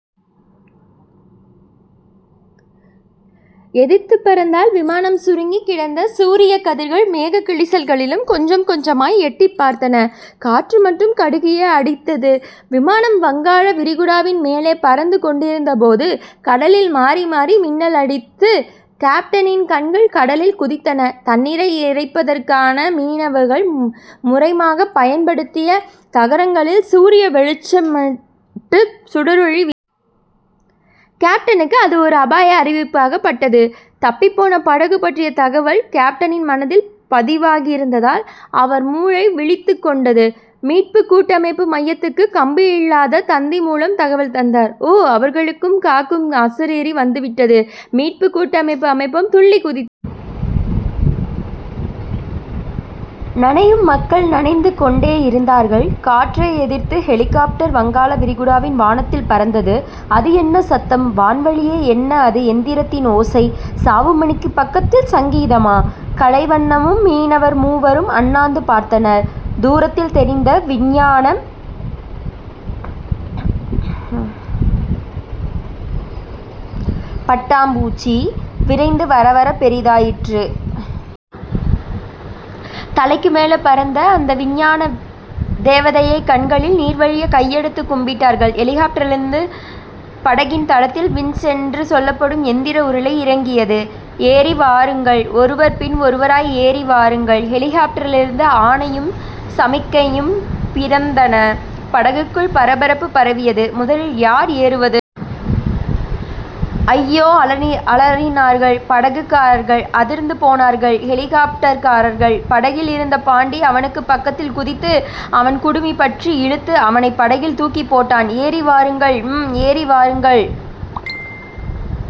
எதிர்த்துப் பறந்தால் விமானம் சுருங்கிக் கிடந்த சூரியக் கதிர்கள் மேகக் கிழிசல்களில் கொஞ்சம் கொஞ்சமாய் எட்டிப் பார்த்தன. காற்று மட்டும் கடுகியே அடித்தது. விமானம் வங்காள விரிகுடாவின் மேலே பறந்து கொண்டிருந்தபோது, கடலில் மாறிமாறி மின்னலடித்து. கேப்டனின் கண்கள் கடலில் குதித்தன. தண்ணீரை இறைப்பதற்காக மீனவர்கள் முறமாகப் பயன்படுத்திய தகரங்களில் சூரிய வெளிச்சம்பட்டுச் சுடரொளி வீசியது. கேப்டனுக்கு அது ஓர் அபாய அறிவிப்பாகவே பட்டது. தப்பிப்போன படகு பற்றிய தகவல் கேப்டனின் மனதில் பதிவாகியிருந்ததால் அவர் மூளை விழித்துக்கொண்டது. மீட்புக் கூட்டமைப்பு மையத்துக்குக் கம்பி இல்லாத் தந்தி மூலம் தகவல் தந்தார். ஓ. அவர்களைக் காக்கும் அசரீரி வந்துவிட்டது. மீட்புக் கூட்டமைப்பு மையம் துள்ளிக் குதித்தது. நனையும் மக்கள் நனைந்து கொண்டேயிருந்தார்கள். காற்றை எதிர்த்து ஹெலிகாப்ட்டர் வங்காளவிரிகுடாவின் வானத்தில் பறந்தது. அது என்ன சத்தம்? வான்வழியே என்ன அது எந்திரத்தின் ஓசை? சாவுமணிக்குப் பக்கத்தில் சங்கீதமா? கலைவண்ணனும் மீனவர் மூவரும் அண்ணாந்து பார்த்தனர். தூரத்தில் தெரிந்த விஞ்ஞானப் பட்டாம்பூச்சி, விரைந்து வரவரப் பெரிதாயிற்று. தலைக்குமேலே பறந்த அந்த விஞ்ஞான தேவதையைக் கண்களில் நீர்வழியக் கையெடுத்துக் கும்பிட்டார்கள். ஹெலிகாப்ட்டரிலிருந்து படகின் தளத்தில் வின்ச் என்று சொல்லப்படும் எந்திர உருளை இறங்கியது. ஏறிவாருங்கள் ஒருவர் பின் ஒருவராய் ஏறிவாருங்கள் ஹெலிகாப்ட்டரிலிருந்து ஆணையும் சமிக்ஞையும் பிறந்தன. படகுக்குள் பரபரப்பு பரவியது. முதலில் யார் ஏறுவது? அய்யோ அலறி அலறினார்கள் படகுக்காரர்கள். அதிர்ந்து போனார்கள் ஹெலிகாப்ட்டர்காரர்கள். படகில் இருந்த பாண்டி அவனுக்குப் பக்கத்தில் குதித்து, அவன் குடுமி பற்றி இழுத்து அவனைப் படகில் தூக்கிப் போட்டான். ஏறிவாருங்கள். ம் ஏறிவாருங்கள்.